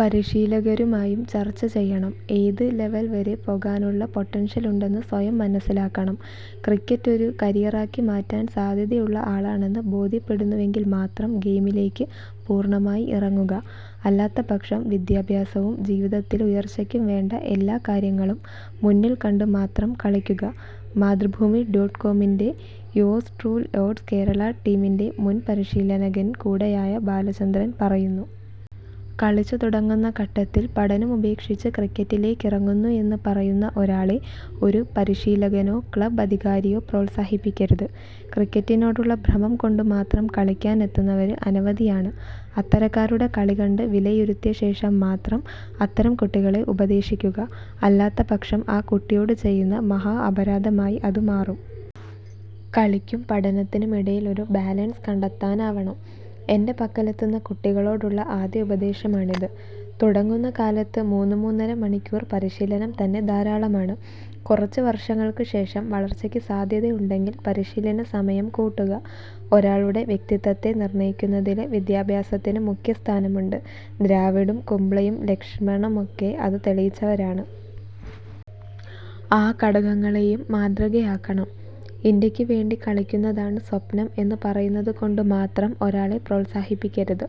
പരിശീലകരുമായും ചര്ച്ച ചെയ്യണം. ഏതു ലെവല് വരെ പോകാനുള്ള പൊട്ടന്ഷ്യല് ഉണ്ടെന്ന് സ്വയം മനസ്സിലാക്കണം. ക്രിക്കറ്റ് ഒരു കരിയറാക്കി മാറ്റാന് സാധ്യതയുള്ള ആളാണെന്ന് ബോധ്യപ്പെടുന്നുവെങ്കില് മാത്രം ഗെയിമിലേക്ക് പൂര്ണമായി ഇറങ്ങുക. അല്ലാത്തപക്ഷം വിദ്യാഭ്യാസവും ജീവിതത്തില് ഉയര്ച്ചക്ക് വേണ്ട എല്ലാ കാര്യങ്ങളും മുന്നില് കണ്ടുമാത്രം കളിക്കുക'' മാതൃഭൂമി ഡോട്ട് കോമിന്റെ യൊഉര്സ് ട്രുല്യ് യോട് കേരളാ ടീമിന്റെ മുന്പരിശീലകന് കൂടിയായ ബാലചന്ദ്രന് പറയുന്നു. കളിച്ചു തുടങ്ങുന്ന ഘട്ടത്തില് പഠനമുപേക്ഷിച്ച് ക്രിക്കറ്റിലേക്കിറങ്ങുന്നു എന്ന് പറയുന്ന ഒരാളെ ഒരു പരിശീലകനോ ക്ലബ് അധികാരിയോ പ്രോത്സാഹിപ്പിക്കരുത്. ക്രിക്കറ്റിനോടുള്ള ഭ്രമം കൊണ്ടുമാത്രം കളിക്കാന് എത്തുന്നവര് അനവധിയാണ്. അത്തരക്കാരുടെ കളി കണ്ട് വിലയിരുത്തിയശേഷം മാത്രം അത്തരം കുട്ടികളെ ഉപദേശിക്കുക. അല്ലാത്തപക്ഷം ആ കുട്ടിയോടു ചെയ്യുന്ന മഹാഅപരാധമായി അതു മാറും. കളിക്കും പഠനത്തിനും ഇടയിലൊരു ബാലൻസ് കണ്ടെത്താനാവണം. എന്റെ പക്കലെത്തുന്ന കുട്ടികളോടുള്ള ആദ്യ ഉപദേശമാണിത്. തുടങ്ങുന്ന കാലത്ത് മൂന്നുമൂന്നര മണിക്കൂര് പരിശീലനം തന്നെ ധാരാളമാണ്. കുറച്ച് വര്ഷങ്ങള്ക്ക് ശേഷം വളര്ച്ചയ്ക്ക് സാധ്യത ഉണ്ടെങ്കില് പരിശീലന സമയം കൂട്ടുക. ഒരാളുടെ വ്യക്തിത്വത്തെ നിര്ണയിക്കുന്നതില് വിദ്യാഭ്യാസത്തിന് മുഖ്യസ്ഥാനമുണ്ട്. ദ്രാവിഡും കുംബ്ലെയും ലക്ഷ്മണുമൊക്കെ അതു തെളിയിച്ചവരാണ്. ആ ഘടകങ്ങളെയും മാതൃകയാക്കണം. ഇന്ത്യയ്ക്ക് വേണ്ടി കളിക്കുന്നതാണ് സ്വപ്നം എന്നു പറയുന്നതു കൊണ്ട് മാത്രം ഒരാളെ പ്രോത്സാഹിപ്പിക്കരുത്.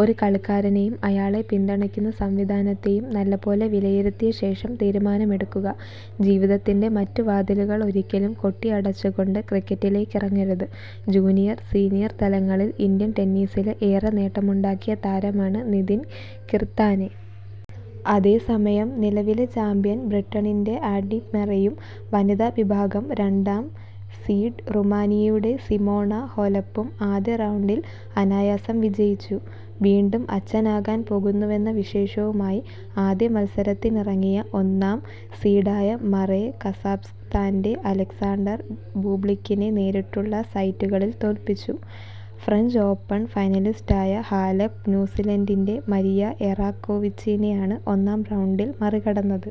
ഒരു കളിക്കാരനെയും അയാളെ പിന്തുണയ്ക്കുന്ന സംവിധാനത്തെയും നല്ല പോലെ വിലയിരുത്തിയശേഷം തീരുമാനമെടുക്കുക. ജീവിതത്തിന്റെ മറ്റു വാതിലുകള് ഒരിക്കലും കൊട്ടിയടച്ചുകൊണ്ട് ക്രിക്കറ്റിലേക്കിറങ്ങരുത്. ജൂനിയര്, സീനിയര് തലങ്ങളില് ഇന്ത്യന് ടെന്നീസില് ഏറെ നേട്ടമുണ്ടാക്കിയ താരമാണ് നിതിന് കിര്താനെ. അതേസമയം നിലവിലെ ചാമ്പ്യന് ബ്രിട്ടന്റെ ആന്ഡി മറെയും വനിതാവിഭാഗം രണ്ടാം സീഡ് റുമാനിയയുടെ സിമോണ ഹാെലപ്പും ആദ്യ റൗണ്ടില് അനായാസം വിജയിച്ചു. വീണ്ടും അച്ഛനാകാന് പോകുന്നുവെന്ന വിശേഷവുമായി ആദ്യമത്സരത്തിനിറങ്ങിയ ഒന്നാം സീഡായ മറെ കസാഖ്സ്താന്റെ അലക്സാണ്ടര് ബൂബ്ലിക്കിനെ നേരിട്ടുള്ള സെറ്റുകളില് തോല്പിച്ചു. ഫ്രഞ്ച് ഓപ്പണ് ഫൈനലിസ്റ്റായ ഹാലെപ് ന്യൂസീലന്ഡിന്റെ മരീന എറാക്കോവിച്ചിനെയാണ് ഒന്നാം റൗണ്ടില് മറികടന്നത്.